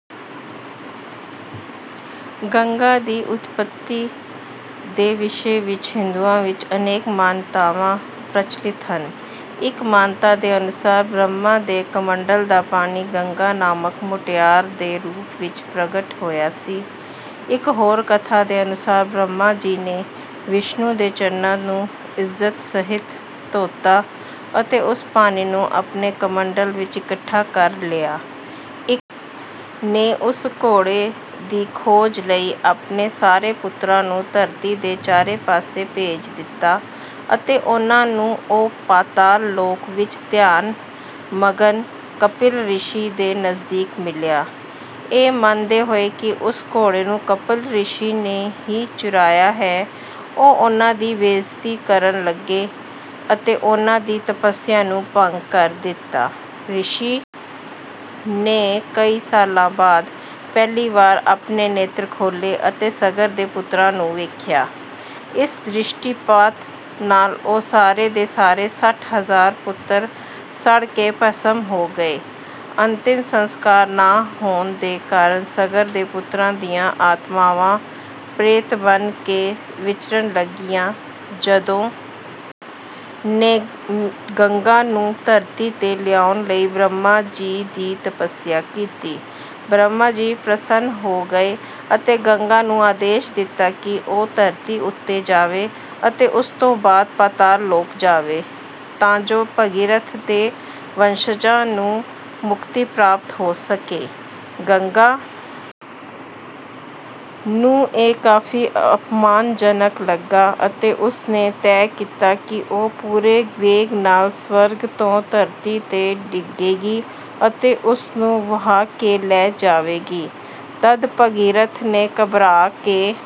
ਗੰਗਾ ਦੀ ਉਤਪੱਤੀ ਦੇ ਵਿਸ਼ੇ ਵਿੱਚ ਹਿੰਦੂਆਂ ਵਿੱਚ ਅਨੇਕ ਮਾਨਤਾਵਾਂ ਪ੍ਰਚਲਿਤ ਹਨ। ਇੱਕ ਮਾਨਤਾ ਦੇ ਅਨੁਸਾਰ ਬ੍ਰਹਮਾ ਦੇ ਕਮੰਡਲ ਦਾ ਪਾਣੀ ਗੰਗਾ ਨਾਮਕ ਮੁਟਿਆਰ ਦੇ ਰੂਪ ਵਿੱਚ ਪ੍ਰਗਟ ਹੋਇਆ ਸੀ। ਇੱਕ ਹੋਰ ਕਥਾ ਦੇ ਅਨੁਸਾਰ ਬ੍ਰਹਮਾ ਜੀ ਨੇ ਵਿਸ਼ਨੂੰ ਦੇ ਚਰਨਾਂ ਨੂੰ ਇੱਜ਼ਤ ਸਹਿਤ ਧੋਤਾ ਅਤੇ ਉਸ ਪਾਣੀ ਨੂੰ ਆਪਣੇ ਕਮੰਡਲ ਵਿੱਚ ਇਕੱਠਾ ਕਰ ਲਿਆ। ਇੱਕ ਨੇ ਉਸ ਘੋੜੇ ਦੀ ਖੋਜ ਲਈ ਆਪਣੇ ਸਾਰੇ ਪੁੱਤਰਾਂ ਨੂੰ ਧਰਤੀ ਦੇ ਚਾਰੇ ਪਾਸੇ ਭੇਜ ਦਿੱਤਾ ਅਤੇ ਉਨ੍ਹਾਂ ਨੂੰ ਉਹ ਪਾਤਾਲ ਲੋਕ ਵਿੱਚ ਧਿਆਨ-ਮਗਨ ਕਪਿਲ ਰਿਸ਼ੀ ਦੇ ਨਜ਼ਦੀਕ ਮਿਲਿਆ। ਇਹ ਮੰਨਦੇ ਹੋਏ ਕਿ ਉਸ ਘੋੜੇ ਨੂੰ ਕਪਿਲ ਰਿਸ਼ੀ ਨੇ ਹੀ ਚੁਰਾਇਆ ਹੈ, ਉਹ ਉਨ੍ਹਾਂ ਦੀ ਬੇਇੱਜ਼ਤੀ ਕਰਨ ਲੱਗੇ ਅਤੇ ਉਨ੍ਹਾਂ ਦੀ ਤਪੱਸਿਆ ਨੂੰ ਭੰਗ ਕਰ ਦਿੱਤਾ। ਰਿਸ਼ੀ ਨੇ ਕਈ ਸਾਲਾਂ ਬਾਅਦ ਪਹਿਲੀ ਵਾਰ ਆਪਣੇ ਨੇਤਰ ਖੋਲ੍ਹੇ ਅਤੇ ਸਗਰ ਦੇ ਪੁੱਤਰਾਂ ਨੂੰ ਵੇਖਿਆ। ਇਸ ਦ੍ਰਿਸ਼ਟੀਪਾਤ ਨਾਲ ਉਹ ਸਾਰੇ ਦੇ ਸਾਰੇ ਸੱਠ ਹਜ਼ਾਰ ਪੁੱਤਰ ਸੜ ਕੇ ਭਸਮ ਹੋ ਗਏ। ਅੰਤਿਮ ਸੰਸਕਾਰ ਨਾ ਹੋਣ ਦੇ ਕਾਰਨ ਸਗਰ ਦੇ ਪੁੱਤਰਾਂ ਦੀਆਂ ਆਤਮਾਵਾਂ ਪ੍ਰੇਤ ਬਣ ਕੇ ਵਿਚਰਨ ਲੱਗੀਆਂ। ਜਦੋਂ ਨੇ ਗੰਗਾ ਨੂੰ ਧਰਤੀ ’ਤੇ ਲਿਆਉਣ ਲਈ ਬ੍ਰਹਮਾ ਜੀ ਦੀ ਤਪੱਸਿਆ ਕੀਤੀ। ਬ੍ਰਹਮਾ ਜੀ ਪ੍ਰਸੰਨ ਹੋ ਗਏ ਅਤੇ ਗੰਗਾ ਨੂੰ ਆਦੇਸ਼ ਦਿੱਤਾ ਕਿ ਉਹ ਧਰਤੀ ਉੱਤੇ ਜਾਵੇ ਅਤੇ ਉਸ ਤੋਂ ਬਾਅਦ ਪਾਤਾਲ ਲੋਕ ਜਾਵੇ, ਤਾਂ ਜੋ ਭਗੀਰਥ ਦੇ ਵੰਸ਼ਜਾਂ ਨੂੰ ਮੁਕਤੀ ਪ੍ਰਾਪਤ ਹੋ ਸਕੇ। ਗੰਗਾ ਨੂੰ ਇਹ ਕਾਫ਼ੀ ਅਪਮਾਨਜਨਕ ਲੱਗਾ ਅਤੇ ਉਸ ਨੇ ਤੈਅ ਕੀਤਾ ਕਿ ਉਹ ਪੂਰੇ ਵੇਗ ਨਾਲ ਸਵਰਗ ਤੋਂ ਧਰਤੀ ’ਤੇ ਡਿੱਗੇਗੀ ਅਤੇ ਉਸ ਨੂੰ ਵਹਾ ਕੇ ਲੈ ਜਾਵੇਗੀ। ਤਦ ਭਗੀਰਥ ਨੇ ਘਬਰਾ ਕੇ…